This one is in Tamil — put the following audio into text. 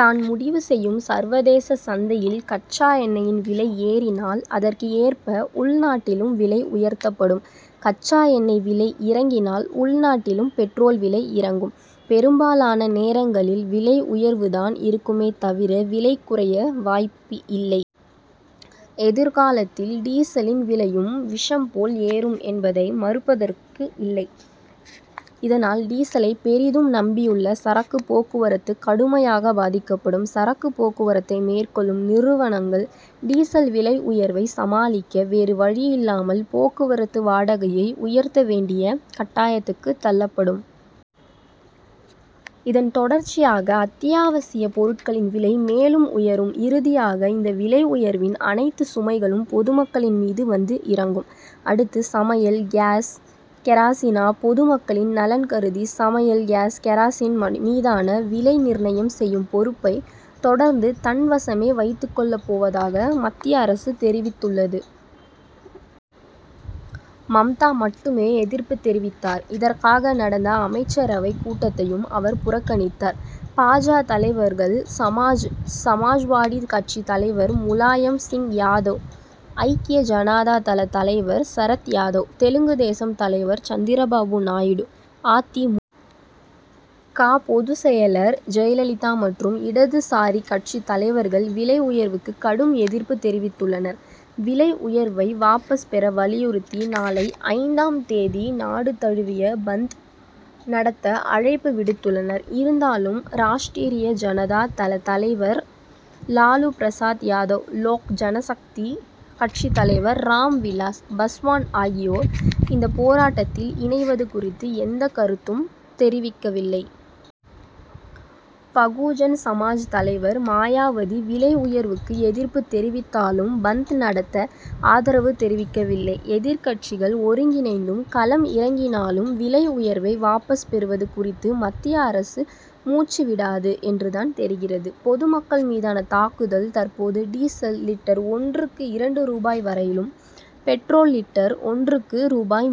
தான் முடிவு செய்யும். சர்வதேச சந்தையில் கச்சா எண்ணெயின் விலை ஏறினால், அதற்கு ஏற்ப உள்நாட்டிலும் விலை உயர்த்தப்படும். கச்சா எண்ணெய் விலை இறங்கினால், உள்நாட்டிலும் பெட்ரோல் விலை இறங்கும். பெரும்பாலான நேரங்களில் விலை உயர்வு தான் இருக்குமே தவிர, விலை குறைய வாய்ப்பு இல்லை. எதிர்காலத்தில் டீசலின் விலையும் விஷம் போல் ஏறும் என்பதை மறுப்பதற்கு இல்லை. இதனால், டீசலை பெரிதும் நம்பியுள்ள சரக்கு போக்குவரத்து கடுமையாக பாதிக்கப்படும். சரக்கு போக்குவரத்தை மேற்கொள்ளும் நிறுவனங்கள், டீசல் விலை உயர்வை சமாளிக்க, வேறு வழியில்லாமல் போக்குவரத்து வாடகையை உயர்த்த வேண்டிய கட்டாயத்துக்கு தள்ளப்படும். இதன் தொடர்ச்சியாக அத்தியாவசியப் பொருட்களின் விலை மேலும் உயரும். இறுதியாக, இந்த விலை உயர்வின் அனைத்து சுமைகளும் பொதுமக்களின் மீது வந்து இறங்கும். அடுத்து சமையல் கேஸ், கெரசினா? பொதுமக்களின் நலன் கருதி, சமையல் கேஸ், கெரசின் மீதான விலை நிர்ணயம் செய்யும் பொறுப்பை, தொடர்ந்து தன்வசமே வைத்துக்கொள்ளப் போவதாக மத்திய அரசு தெரிவித்துள்ளது. மம்தா மட்டுமே எதிர்ப்பு தெரிவித்தார். இதற்காக நடந்த அமைச்சரவை கூட்டத்தையும் அவர் புறக்கணித்தார். பா. ஜ., தலைவர்கள், சமாஜ்வாடி கட்சி தலைவர் முலாயம்சிங் யாதவ், ஐக்கிய ஜனதா தள தலைவர் சரத்யாதவ், தெலுங்கு தேசம் தலைவர் சந்திரபாபு நாயுடு, அ. தி. மு. க., பொதுச் செயலர் ஜெயலலிதா மற்றும் இடதுசாரி கட்சி தலைவர்கள் விலை உயர்வுக்கு கடும் எதிர்ப்பு தெரிவித்துள்ளனர். விலை உயர்வை வாபஸ் பெற வலியுறுத்தி, நாளை ஐந்தாம் தேதி நாடு தழுவிய பந்த் நடத்த அழைப்பு விடுத்துள்ளனர். இருந்தாலும், ராஷ்டிரிய ஜனதா தள தலைவர் லாலு பிரசாத் யாதவ், லோக் ஜனசக்தி கட்சி தலைவர் ராம்விலாஸ் பஸ்வான் ஆகியோர் இந்த போராட்டத்தில் இணைவது குறித்து எந்த கருத்தும் தெரிவிக்கவில்லை. பகுஜன் சமாஜ் தலைவர் மாயாவதி, விலை உயர்வுக்கு எதிர்ப்பு தெரிவித்தாலும், பந்த் நடத்த ஆதரவு தெரிவிக்கவில்லை. எதிர்க்கட்சிகள் ஒருங்கிணைந்து களம் இறங்கினாலும், விலை உயர்வை வாபஸ் பெறுவது குறித்து, மத்திய அரசு மூச்சு விடாது என்று தான் தெரிகிறது. பொதுமக்கள் மீதான தாக்குதல் தற்போது டீசல் லிட்டர் ஒன்றுக்கு இரண்டு ரூபாய் வரையிலும், பெட்ரோல் லிட்டர் ஒன்றுக்கு ரூ.மூன்று